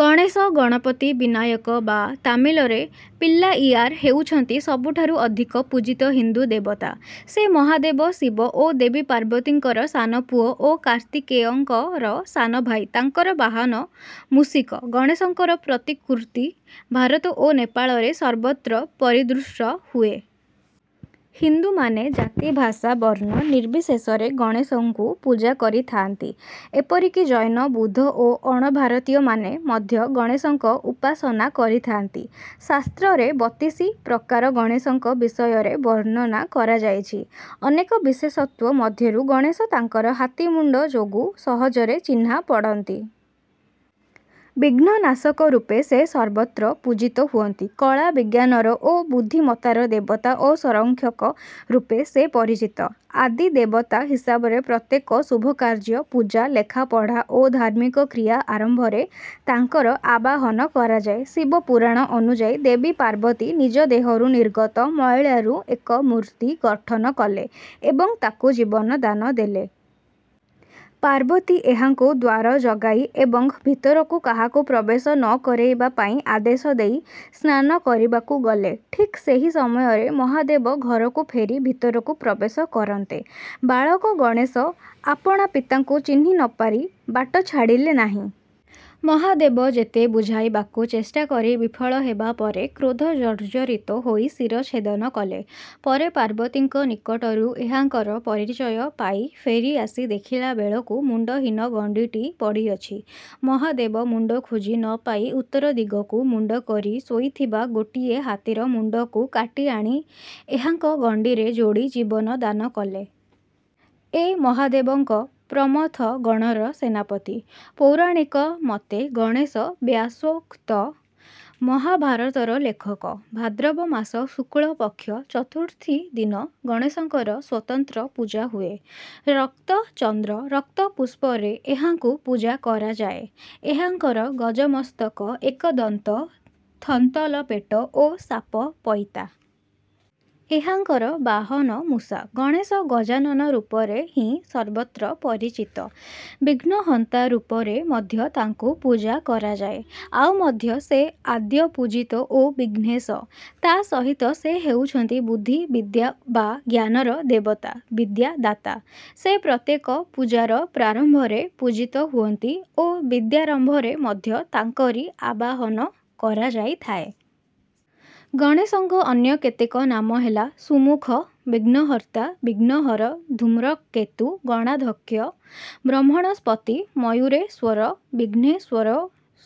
ଗଣେଶ, ଗଣପତି, ବିନାୟକ ବା ତାମିଲରେ ପିଲ୍ଲାଇୟାର ହେଉଛନ୍ତି ସବୁଠାରୁ ଅଧିକ ପୂଜିତ ହିନ୍ଦୁ ଦେବତା। ସେ ମହାଦେବ ଶିବ ଓ ଦେବୀ ପାର୍ବତୀଙ୍କର ସାନ ପୁଅ ଓ କାର୍ତ୍ତିକେୟଙ୍କର ସାନ ଭାଇ। ତାଙ୍କର ବାହନ ମୂଷିକ। ଗଣେଶଙ୍କର ପ୍ରତିକୃତି ଭାରତ ଓ ନେପାଳରେ ସର୍ବତ୍ର ପରିଦୃଷ୍ଟ ହୁଏ। ହିନ୍ଦୁମାନେ ଜାତି, ଭାଷା, ବର୍ଣ୍ଣ ନିର୍ବିଶେଷରେ ଗଣେଶଙ୍କୁ ପୂଜା କରିଥାନ୍ତି। ଏପରିକି ଜୈନ, ବୁଦ୍ଧ ଓ ଅଣଭାରତୀୟମାନେ ମଧ୍ୟ ଗଣେଶଙ୍କ ଉପାସନା କରିଥାନ୍ତି। ଶାସ୍ତ୍ରରେ ବତିଶି ପ୍ରକାର ଗଣେଶଙ୍କ ବିଷୟରେ ବର୍ଣ୍ଣନା କରାଯାଇଛି। ଅନେକ ବିଶେଷତ୍ୱ ମଧ୍ୟରୁ ଗଣେଶ ତାଙ୍କର ହାତୀ ମୁଣ୍ଡ ଯୋଗୁ ସହଜରେ ଚିହ୍ନା ପଡ଼ନ୍ତି। ବିଘ୍ନ ନାଶକ ରୂପେ ସେ ସର୍ବତ୍ର ପୂଜିତ ହୁଅନ୍ତି। କଳା, ବିଜ୍ଞାନର ଓ ବୁଦ୍ଧିମତ୍ତାର ଦେବତା ଓ ସଂରକ୍ଷକ ରୂପେ ସେ ପରିଚିତ। ଆଦି ଦେବତା ହିସାବରେ ପ୍ରତ୍ୟେକ ଶୁଭ କାର୍ଯ୍ୟ, ପୂଜା, ଲେଖାପଢ଼ା ଓ ଧାର୍ମିକ କ୍ରିୟା ଆରମ୍ଭରେ ତାଙ୍କର ଆବାହନ କରାଯାଏ। ଶିବ ପୁରାଣ ଅନୁଯାୟୀ ଦେବୀ ପାର୍ବତୀ ନିଜଦେହରୁ ନିର୍ଗତ ମଇଳାରୁ ଏକ ମୂର୍ତ୍ତି ଗଠନ କଲେ ଏବଂ ତାକୁ ଜୀବନ ଦାନ ଦେଲେ। ପାର୍ବତୀ ଏହାଙ୍କୁ ଦ୍ୱାର ଜଗାଇ ଏବଂ ଭିତରକୁ କାହାକୁ ପ୍ରବେଶ ନ କରେଇବା ପାଇଁ ଆଦେଶ ଦେଇ ସ୍ନାନ କରିବାକୁ ଗଲେ। ଠିକ୍ ସେହି ସମୟରେ ମହାଦେବ ଘରକୁ ଫେରି ଭିତରକୁ ପ୍ରବେଶ କରନ୍ତେ, ବାଳକ ଗଣେଶ ଆପଣା ପିତାଙ୍କୁ ଚିହ୍ନି ନ ପାରି ବାଟ ଛାଡ଼ିଲେ ନାହିଁ। ମହାଦେବ ଯେତେ ବୁଝାଇବାକୁ ଚେଷ୍ଟା କରି ବିଫଳ ହେବା ପରେ କ୍ରୋଧ ଜର୍ଜରିତ ହୋଇ ଶିର ଚ୍ଛେଦନ କଲେ। ପରେ ପାର୍ବତୀଙ୍କ ନିକଟରୁ ଏହାଙ୍କର ପରିଚୟ ପାଇ ଫେରି ଆସି ଦେଖିଲା ବେଳକୁ ମୁଣ୍ଡହୀନ ଗଣ୍ଡିଟି ପଡ଼ିଅଛି। ମହାଦେବ ମୁଣ୍ଡ ଖୋଜି ନ ପାଇ ଉତ୍ତରଦିଗକୁ ମୁଣ୍ଡକରି ଶୋଇଥିବା ଗୋଟିଏ ହାତୀର ମୁଣ୍ଡକୁ କାଟି ଆଣି ଏହାଙ୍କ ଗଣ୍ଡିରେ ଯୋଡ଼ି ଜୀବନ ଦାନ କଲେ। ଏ ମହାଦେବଙ୍କ ପ୍ରମଥ ଗଣର ସେନାପତି। ପୌରାଣିକ ମତେ ଗଣେଶ ବ୍ୟାସୋକ୍ତ ମହାଭାରତର ଲେଖକ। ଭାଦ୍ରବ ମାସ ଶୁକ୍ଳ ପକ୍ଷ ଚତୁର୍ଥୀ ଦିନ ଗଣେଶଙ୍କର ସ୍ୱତନ୍ତ୍ର ପୂଜା ହୁଏ। ରକ୍ତ ଚନ୍ଦ୍ର, ରକ୍ତ ପୁଷ୍ପରେ ଏହାଙ୍କୁ ପୂଜା କରାଯାଏ। ଏହାଙ୍କର ଗଜମସ୍ତକ, ଏକଦନ୍ତ, ଥନ୍ତଲ ପେଟ ଓ ସାପ ପଇତା। ଏହାଙ୍କର ବାହନ ମୂଷା। ଗଣେଶ ଗଜାନନ ରୂପରେ ହିଁ ସର୍ବତ୍ର ପରିଚିତ। ବିଘ୍ନହନ୍ତା ରୂପରେ ମଧ୍ୟ ତାଙ୍କୁ ପୂଜା କରାଯାଏ। ଆଉମଧ୍ୟ ସେ ଆଦ୍ୟପୂଜିତ ଓ ବିଘ୍ନେଶ। ତା ସହିତ ସେ ହେଉଛନ୍ତି ବୁଦ୍ଧି, ବିଦ୍ୟା ବା ଜ୍ଞାନର ଦେବତା, ବିଦ୍ୟାଦାତା। ସେ ପ୍ରତ୍ୟେକ ପୂଜାର ପ୍ରାରମ୍ଭରେ ପୂଜିତ ହୁଅନ୍ତି ଓ ବିଦ୍ୟାରମ୍ଭରେ ମଧ୍ୟ ତାଙ୍କରି ଆବାହନ କରାଯାଇଥାଏ। ଗଣେଶଙ୍କ ଅନ୍ୟ କେତେକ ନାମ ହେଲା: ସୁମୂଖ, ବିଘ୍ନହର୍ତ୍ତା, ବିଘ୍ନହର, ଧୂମ୍ରକେତୁ, ଗଣାଧ୍ୟକ୍ଷ, ବ୍ରହ୍ମଣସ୍ପତୀ, ମୟୂରେଶ୍ୱର, ବିଘ୍ନେଶ୍ୱର ଓ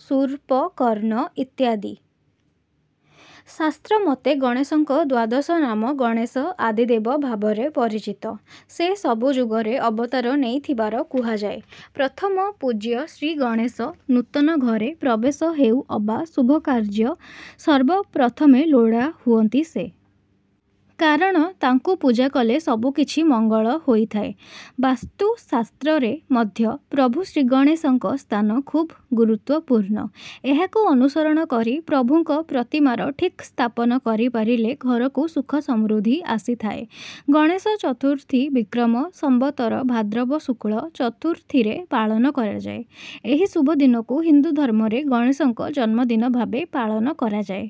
ଶୂର୍ପକର୍ଣ୍ଣ ଇତ୍ୟାଦି। ଶାସ୍ତ୍ର ମତେ ଗଣେଶଙ୍କ ଦ୍ୱାଦଶନାମ: ଗଣେଶ ଆଦିଦେବ ଭାବରେ ପରିଚିତ। ସେ ସବୁଯୁଗରେ ଅବତାର ନେଇଥିବାର କୁହାଯାଏ। ପ୍ରଥମ ପୂଜ୍ୟ ଶ୍ରୀଗଣେଶ। ନୂତନ ଘରେ ପ୍ରବେଶ ହେଉ ଅବା ଶୁଭ କାର୍ଯ୍ୟ, ସର୍ବ ପ୍ରଥମେ ଲୋଡ଼ା ହୁଅନ୍ତି ସେ। କାରଣ ତାଙ୍କୁ ପୂଜା କଲେ ସବୁକିଛି ମଙ୍ଗଳ ହୋଇଥାଏ। ବାସ୍ତୁଶାସ୍ତ୍ରରେ ମଧ୍ୟ ପ୍ରଭୁ ଶ୍ରୀଗଣେଶଙ୍କ ସ୍ଥାନ ଖୁବ ଗୁରୁତ୍ୱପୂର୍ଣ୍ଣ। ଏହାକୁ ଅନୁସରଣ କରି ପ୍ରଭୁଙ୍କ ପ୍ରତିମାର ଠିକ୍ ସ୍ଥାପନ କରି ପାରିଲେ ଘରକୁ ସୁଖସମୃଦ୍ଧି ଆସିଥାଏ। ଗଣେଶ ଚତୁର୍ଥୀ, ବିକ୍ରମ ସଂବତର ଭାଦ୍ରବ ଶୁକ୍ଳ ଚତୁର୍ଥୀରେ ପାଳନ କରାଯାଏ। ଏହି ଶୁଭଦିନକୁ ହିନ୍ଦୁଧର୍ମରେ ଗଣେଶଙ୍କ ଜନ୍ମ ଦିନ ଭାବେ ପାଳନ କରାଯାଏ।